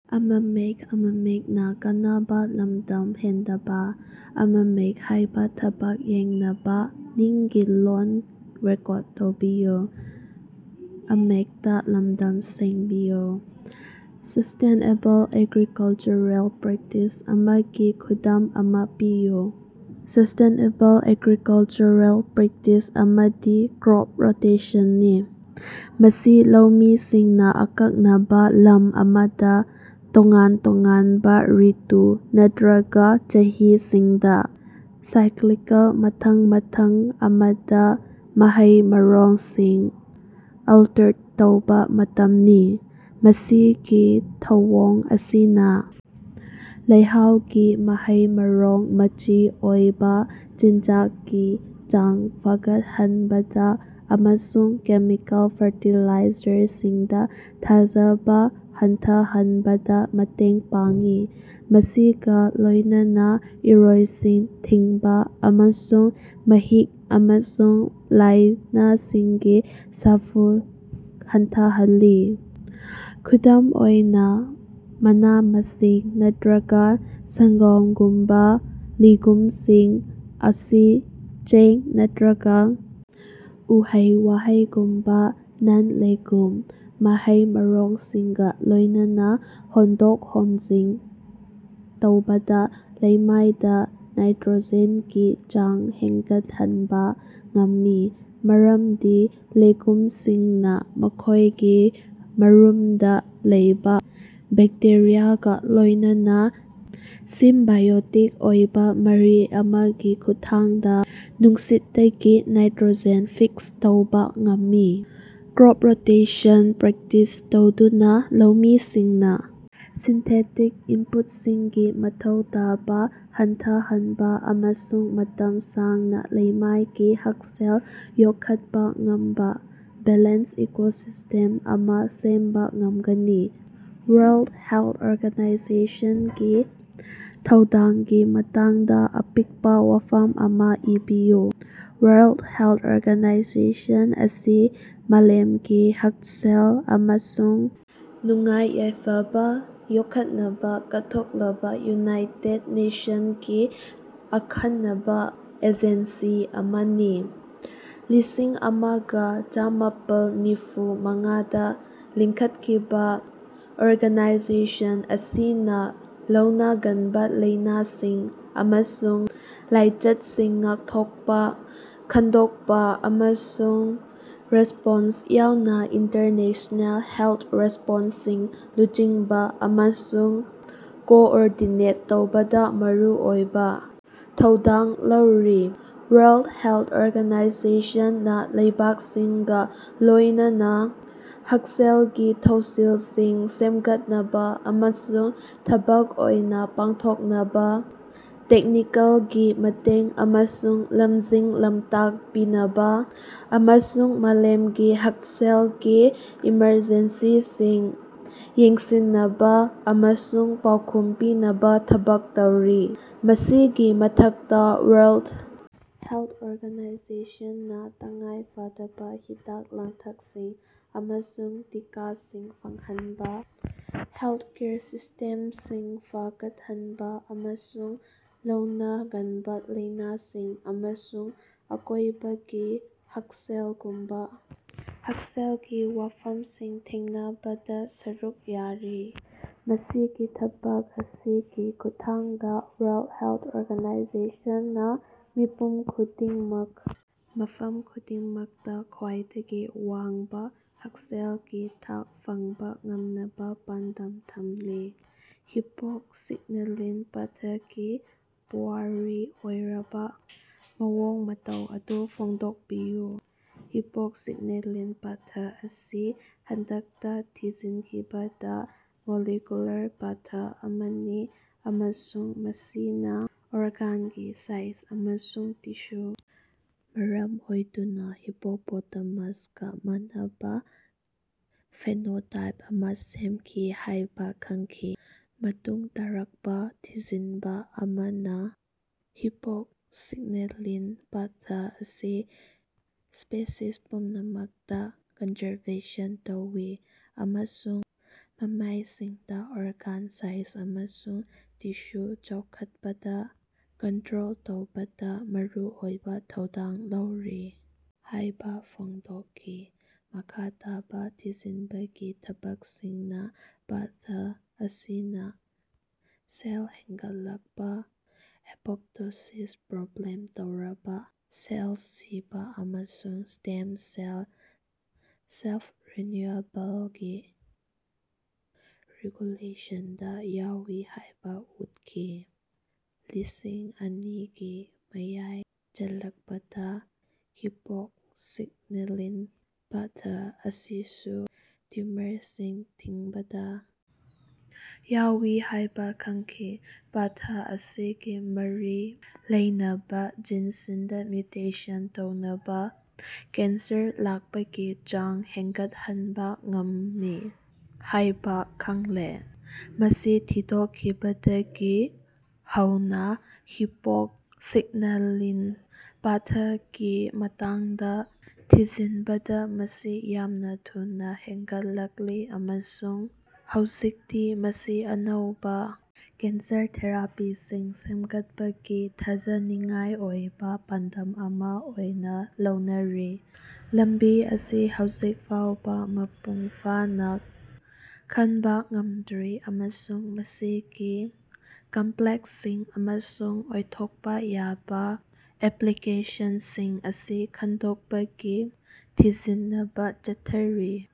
Sustainable agricultural practice ꯑꯃꯒꯤ ꯈꯨꯗꯝ ꯑꯃꯥ ꯄꯤꯌꯨ꯫ ꯁꯁꯇꯦꯅꯦꯕꯜ ꯑꯦꯒ꯭ꯔꯤꯀꯜꯆꯔꯦꯜ ꯄ꯭ꯔꯦꯛꯇꯤꯁ ꯑꯃꯗꯤ ꯀ꯭ꯔꯣꯞ ꯔꯣꯇꯦꯁꯟꯅꯤ꯫ ꯃꯁꯤ ꯂꯧꯃꯤꯁꯤꯡꯅꯥ ꯑꯀꯛꯅꯕ ꯂꯝ ꯑꯃꯗ ꯇꯣꯉꯥꯟ-ꯇꯣꯉꯥꯟꯕ ꯔꯤꯇꯨ ꯅꯠꯇ꯭ꯔꯒ ꯆꯍꯤꯁꯤꯡꯗ, ꯁꯥꯏꯀ꯭ꯂꯤꯀꯦꯜ ꯃꯊꯪ ꯃꯊꯪ ꯑꯃꯗ ꯃꯍꯩ-ꯃꯔꯣꯡꯁꯤꯡ ꯑꯣꯜꯇꯔ ꯇꯧꯕ ꯃꯇꯝꯅꯤ꯫ ꯃꯁꯤꯒꯤ ꯊꯧꯑꯣꯡ ꯑꯁꯤꯅ ꯂꯩꯍꯥꯎꯒꯤ ꯃꯍꯩ-ꯃꯔꯣꯡ ꯃꯆꯤ ꯑꯣꯏꯕ ꯆꯤꯟꯖꯥꯛꯀꯤ ꯆꯥꯡ ꯐꯒꯠꯍꯟꯕꯗ ꯑꯃꯁꯨꯡ ꯀꯦꯃꯤꯀꯦꯜ ꯐꯔꯇꯤꯂꯥꯏꯖꯔꯁꯤꯡꯗ ꯊꯥꯖꯕ ꯍꯟꯊꯍꯟꯕꯗ ꯃꯇꯦꯡ ꯄꯥꯡꯏ ꯃꯁꯤꯒ ꯂꯣꯢꯅꯅꯥ ꯏꯔꯣꯏꯁꯤꯟ ꯊꯤꯡꯏ ꯑꯃꯁꯨꯡ ꯃꯍꯤꯛ ꯑꯃꯁꯨꯡ ꯂꯥꯢꯅꯥꯁꯤꯡꯒꯤ ꯁꯥꯐꯨ ꯍꯟꯊꯍꯜꯂꯤ꯫ ꯈꯨꯗꯝ ꯑꯣꯏꯅ ꯃꯅꯥ-ꯃꯁꯤꯡ ꯅꯠꯇ꯭ꯔꯒ ꯁꯡꯒꯣꯝꯒꯨꯝꯕꯥ ꯂꯤꯒꯨꯝꯁꯤꯡ ꯑꯁꯤ ꯆꯦꯡ ꯅꯠꯇ꯭ꯔꯒ ꯎꯍꯩ-ꯋꯥꯍꯩꯒꯨꯝꯕ ꯅꯟ-ꯂꯦꯒꯨꯝ ꯃꯍꯩ-ꯃꯔꯣꯡꯁꯤꯡꯒ ꯂꯣꯢꯅꯅꯥ ꯍꯣꯡꯗꯣꯛ-ꯍꯣꯡꯖꯤꯟ ꯇꯧꯕꯅ ꯂꯩꯃꯥꯢꯗ ꯅꯥꯏꯇ꯭ꯔꯣꯖꯦꯟꯒꯤ ꯆꯥꯡ ꯍꯦꯟꯒꯠꯍꯟꯕ ꯉꯝꯃꯤ ꯃꯔꯝꯗꯤ ꯂꯤꯒꯨꯝꯁꯤꯡꯅ ꯃꯈꯣꯢꯒꯤ ꯃꯔꯨꯝꯗ ꯂꯩꯕꯥ ꯕꯦꯛꯇꯦꯔꯤꯌꯥꯒ ꯂꯣꯢꯅꯅꯥ ꯁꯤꯝꯕꯣꯏꯇꯤꯛ ꯑꯣꯏꯕ ꯃꯔꯤ ꯑꯃꯒꯤ ꯈꯨꯠꯊꯥꯡꯗ ꯅꯨꯡꯁꯤꯠꯇꯒꯤ ꯅꯥꯏꯇ꯭ꯔꯣꯖꯦꯟ ꯐꯤꯛꯁ ꯇꯧꯕꯥ ꯉꯝꯃꯤ꯫ ꯀ꯭ꯔꯣꯞ ꯔꯣꯇꯦꯁꯟ ꯄ꯭ꯔꯦꯛꯇꯤꯁ ꯇꯧꯗꯨꯅ ꯂꯧꯃꯤꯁꯤꯡꯅ ꯁꯤꯟꯊꯦꯇꯤꯛ ꯏꯟꯄꯨꯠꯁꯤꯡꯒꯤ ꯃꯊꯧ ꯇꯥꯕ ꯍꯟꯊꯍꯟꯕ ꯑꯃꯁꯨꯡ ꯃꯇꯝ ꯁꯥꯡꯅ ꯂꯩꯃꯥꯏꯒꯤ ꯍꯛꯁꯦꯜ ꯌꯣꯛꯈꯠꯄ ꯉꯝꯕ ꯕꯦꯂꯦꯟꯁ ꯏꯀꯣꯁꯤꯁꯇꯦꯝ ꯑꯃ ꯁꯦꯝꯕ ꯉꯝꯒꯅꯤ꯫ ꯋꯥꯔꯜꯗ ꯍꯦꯜꯊ ꯑꯣꯔꯒꯅꯥꯏꯖꯦꯁꯟꯒꯤ ꯊꯧꯗꯥꯡꯒꯤ ꯃꯇꯥꯡꯗ ꯑꯄꯤꯛꯄ ꯋꯥꯐꯝ ꯑꯃ ꯏꯕꯤꯌꯨ꯫ ꯋꯥꯔꯜꯗ ꯍꯦꯜꯊ ꯑꯣꯔꯒꯅꯥꯏꯖꯦꯁꯟ ꯑꯁꯤ ꯃꯥꯂꯦꯝꯒꯤ ꯍꯛꯁꯦꯜ ꯑꯃꯁꯨꯡ ꯅꯨꯡꯉꯥꯏ-ꯌꯥꯏꯐꯕ ꯌꯣꯛꯈꯠꯅꯕ ꯀꯠꯊꯣꯛꯂꯕ ꯌꯨꯅꯥꯏꯇꯦꯗ ꯅꯦꯁꯟꯁꯀꯤ ꯑꯈꯟꯅꯕ ꯑꯦꯖꯦꯟꯁꯤ ꯑꯃꯅꯤ꯫ ꯂꯤꯁꯤꯡ ꯑꯃꯒ ꯆꯥꯃꯥꯄꯜ ꯅꯤꯐꯨ ꯃꯉꯥꯗꯥ ꯂꯤꯡꯈꯠꯈꯤꯕꯥ ꯑꯣꯔꯒꯅꯥꯏꯖꯦꯁꯟ ꯑꯁꯤꯅꯥ ꯂꯧꯅꯒꯟꯕ ꯂꯥꯢꯅꯥꯁꯤꯡ ꯑꯃꯁꯨꯡ ꯂꯥꯏꯆꯠꯁꯤꯡ ꯉꯥꯛꯊꯣꯛꯄꯥ ꯈꯡꯗꯣꯛꯄ ꯑꯃꯁꯨꯡ ꯔꯦꯁꯄꯣꯟꯁ ꯌꯥꯎꯅ ꯏꯟꯇꯔꯅꯦꯁꯅꯦꯜ ꯍꯦꯜꯊ ꯔꯦꯁꯄꯣꯟꯁꯁꯤꯡ ꯂꯨꯆꯤꯡꯕ ꯑꯃꯁꯨꯡ ꯀꯣꯑꯣꯔꯗꯤꯅꯦꯠ ꯇꯧꯕꯗ ꯃꯔꯨꯑꯣꯏꯕ ꯊꯧꯗꯥꯡ ꯂꯧꯔꯤ꯫ ꯋꯥꯔꯜꯗ ꯍꯦꯜꯊ ꯑꯣꯔꯒꯅꯥꯏꯖꯦꯁꯟ ꯅꯥ ꯂꯩꯕꯥꯛꯁꯤꯡꯒ ꯂꯣꯢꯅꯅꯥ ꯍꯛꯁꯦꯜꯒꯤ ꯊꯧꯁꯤꯜꯁꯤꯡ ꯁꯦꯝꯒꯠꯅꯕ ꯑꯃꯁꯨꯡ ꯊꯕꯛ ꯑꯣꯏꯅ ꯄꯥꯡꯊꯣꯛꯅꯕ, ꯇꯦꯛꯅꯤꯀꯦꯜꯒꯤ ꯃꯇꯦꯡ ꯑꯃꯁꯨꯡ ꯂꯝꯖꯤꯡ-ꯂꯝꯇꯥꯛ ꯄꯤꯅꯕꯥ ꯑꯃꯁꯨꯡ ꯃꯥꯂꯦꯝꯒꯤ ꯍꯛꯁꯦꯜꯒꯤ ꯏꯃꯔꯖꯦꯟꯁꯤꯁꯤꯡ ꯌꯦꯡꯁꯤꯅꯕꯥ ꯑꯃꯁꯨꯡ ꯄꯥꯎꯈꯨꯝ ꯄꯤꯅꯕꯥ ꯊꯕꯛ ꯇꯧꯔꯤ꯫ ꯃꯁꯤꯒꯤ ꯃꯊꯛꯇꯥ ꯋꯥꯔꯜꯗ ꯍꯦꯜꯊ ꯑꯣꯔꯒꯅꯥꯏꯖꯦꯁꯟ ꯅꯥ ꯇꯉꯥꯏ ꯐꯗꯕꯥ ꯍꯤꯗꯥꯛ-ꯂꯥꯡꯊꯛꯁꯤꯡ ꯑꯃꯁꯨꯡ ꯇꯤꯀꯥꯁꯤꯡ ꯐꯪꯍꯟꯕ, ꯍꯦꯜꯊꯀꯦꯌꯔ ꯁꯤꯁ꯭ꯇꯦꯝꯁꯤꯡ ꯐꯒꯠꯍꯟꯕ ꯑꯃꯁꯨꯡ ꯂꯧꯅꯒꯟꯕ ꯂꯥꯢꯅꯁꯤꯡ ꯑꯃꯁꯨꯡ ꯑꯀꯣꯢꯕꯒꯤ ꯍꯛꯁꯦꯜꯒꯨꯝꯕ ꯍꯛꯁꯦꯜꯒꯤ ꯋꯥꯐꯝꯁꯤꯡ ꯊꯦꯡꯅꯕꯗ ꯁꯔꯨꯛ ꯌꯥꯔꯤ꯫ ꯃꯁꯤꯒꯤ ꯊꯕꯛ ꯑꯁꯤꯒꯤ ꯈꯨꯠꯊꯥꯡꯗꯥ ꯋꯥꯔꯜꯗ ꯍꯦꯜꯊ ꯑꯣꯔꯒꯅꯥꯏꯖꯦꯁꯟ ꯅꯥ ꯃꯤꯄꯨꯝ ꯈꯨꯗꯤꯡꯃꯛ ꯃꯐꯝ ꯈꯨꯗꯤꯡꯃꯛꯇ ꯈ꯭ꯋꯥꯏꯗꯒꯤ ꯋꯥꯡꯕ ꯍꯛꯁꯦꯜꯒꯤ ꯊꯥꯛ ꯐꯪꯕꯥ ꯉꯝꯅꯕ ꯄꯥꯟꯗꯝ ꯊꯝꯂꯤ꯫ ꯍꯤꯄꯣꯛ ꯁꯤꯒꯅꯦꯂꯤꯡ ꯄꯥꯊꯀꯤ ꯄꯨꯋꯥꯔꯤ ꯑꯣꯏꯔꯕ ꯃꯑꯣꯡ-ꯃꯇꯧ ꯑꯗꯨ ꯐꯣꯡꯗꯣꯛꯄꯤꯌꯨ꯫ ꯍꯤꯄꯣꯛ ꯁꯤꯒꯅꯦꯂꯤꯡ ꯄꯥꯊ ꯑꯁꯤ ꯍꯟꯗꯛꯇꯥ ꯊꯤꯖꯤꯟꯈꯤꯕꯗ ꯃꯣꯂꯤꯀ꯭ꯌꯨꯂꯔ ꯄꯥꯊ ꯑꯃꯅꯤ ꯑꯃꯁꯨꯡ ꯃꯁꯤꯅꯥ ꯑꯣꯔꯒꯥꯟꯒꯤ ꯁꯥꯏꯖ ꯑꯃꯁꯨꯡ ꯇꯤꯁ꯭ꯌꯨ ꯃꯔꯝ ꯑꯣꯏꯗꯨꯅ ꯍꯤꯄꯣꯄꯣꯇꯥꯃꯁꯀꯥ ꯃꯥꯟꯅꯕꯥ ꯐꯦꯅꯣꯇꯥꯏꯞ ꯑꯃꯥ ꯁꯦꯝꯈꯤ ꯍꯥꯢꯕ ꯈꯪꯈꯤ꯫ ꯃꯇꯨꯡ ꯇꯥꯔꯛꯄ ꯊꯤꯖꯤꯟꯕ ꯑꯃꯅ ꯍꯤꯄꯣꯛ ꯁꯤꯒꯅꯦꯂꯤꯡ ꯄꯥꯊ ꯑꯁꯤ ꯁ꯭ꯄꯦꯁꯤꯁ ꯄꯨꯝꯅꯃꯛꯇ ꯀꯟꯖꯔꯕꯦꯁꯟ ꯇꯧꯏ ꯑꯃꯁꯨꯡ ꯃꯃꯥꯢꯁꯤꯡꯗ ꯑꯣꯔꯒꯥꯟ ꯁꯥꯏꯖ ꯑꯃꯁꯨꯡ ꯇꯤꯁ꯭ꯌꯨ ꯆꯥꯎꯈꯠꯄꯗ ꯀꯟꯇ꯭ꯔꯣꯜ ꯇꯧꯕꯗ ꯃꯔꯨꯑꯣꯏꯕ ꯊꯧꯗꯥꯡ ꯂꯧꯔꯤ ꯍꯥꯢꯕ ꯐꯣꯡꯗꯣꯛꯈꯤ꯫ ꯃꯈꯥ ꯇꯥꯕ ꯊꯤꯖꯤꯟꯕꯒꯤ ꯊꯕꯛꯁꯤꯡꯅ ꯄꯥꯊ ꯑꯁꯤꯅ ꯁꯦꯜ ꯍꯦꯟꯒꯠꯂꯛꯄ ꯑꯦꯄꯣꯄꯇꯣꯁꯤꯁ ꯄ꯭ꯔꯣꯒ꯭ꯔꯥꯝ ꯇꯧꯔꯕꯥ ꯁꯦꯜ ꯁꯤꯕꯥ ꯑꯃꯁꯨꯡ ꯁ꯭ꯇꯦꯝ ꯁꯦꯜ ꯁꯦꯜꯐ-ꯔꯤꯅ꯭ꯌꯨꯑꯦꯜꯒꯤ ꯔꯤꯒꯨꯂꯦꯁꯟꯗꯁꯨ ꯌꯥꯎꯏ ꯍꯥꯢꯕ ꯎꯠꯈꯤ꯫ ꯂꯤꯁꯤꯡ ꯑꯅꯤꯒꯤ ꯃꯌꯥꯏ ꯆꯜꯂꯛꯄꯗ ꯍꯤꯄꯣꯛ ꯁꯤꯒꯅꯦꯂꯤꯡ ꯄꯥꯊ ꯑꯁꯤꯁꯨ ꯇꯤꯎꯃꯔꯁꯤꯡ ꯊꯤꯡꯕꯗ ꯌꯥꯎꯏ ꯍꯥꯢꯕ ꯈꯪꯈꯤ꯫ ꯄꯥꯊ ꯑꯁꯤꯒ ꯃꯔꯤ ꯂꯩꯅꯕ ꯖꯤꯟꯁꯤꯡꯗ ꯃ꯭ꯌꯨꯇꯦꯁꯟ ꯇꯧꯕꯅ ꯀꯦꯟꯁꯔ ꯂꯥꯛꯄꯒꯤ ꯆꯥꯡ ꯍꯦꯟꯒꯠꯍꯟꯕ ꯉꯝꯃꯤ ꯍꯥꯢꯕ ꯈꯪꯂꯦ꯫ ꯃꯁꯤ ꯊꯤꯗꯣꯛꯈꯤꯕꯗꯒꯤ ꯍꯧꯅ ꯍꯤꯄꯣꯛ ꯁꯤꯒꯅꯦꯂꯤꯡ ꯄꯥꯊꯀꯤ ꯃꯇꯥꯡꯗ ꯊꯤꯖꯤꯟꯕꯗ ꯑꯁꯤ ꯌꯥꯝꯅ ꯊꯨꯅ ꯍꯦꯟꯒꯠꯂꯛꯂꯤ ꯑꯃꯁꯨꯡ ꯍꯧꯖꯤꯛꯇꯤ ꯃꯁꯤ ꯑꯅꯧꯕ ꯀꯦꯟꯁꯔ ꯊꯦꯔꯥꯄꯤꯁꯤꯡ ꯁꯦꯝꯒꯠꯄꯒꯤ ꯊꯥꯖꯅꯤꯡꯉꯥꯏ ꯑꯣꯏꯕ ꯄꯥꯟꯗꯝ ꯑꯃ ꯑꯣꯏꯅ ꯂꯧꯅꯔꯤ꯫ ꯂꯝꯕꯤ ꯑꯁꯤ ꯍꯧꯖꯤꯛ ꯐꯥꯎꯕ ꯃꯄꯨꯡ ꯐꯥꯅ ꯈꯡꯕꯥ ꯉꯝꯗ꯭ꯔꯤ ꯑꯃꯁꯨꯡ ꯃꯁꯤꯒꯤ ꯀꯝꯄ꯭ꯂꯦꯛꯁꯁꯤꯡ ꯑꯃꯁꯨꯡ ꯑꯣꯏꯊꯣꯛꯄ ꯌꯥꯕ ꯑꯦꯄ꯭ꯂꯤꯀꯦꯁꯟꯁꯤꯡ ꯑꯁꯤ ꯈꯡꯗꯣꯛꯄꯒꯤ ꯊꯤꯖꯤꯟꯅꯕ ꯆꯠꯊꯔꯤ꯫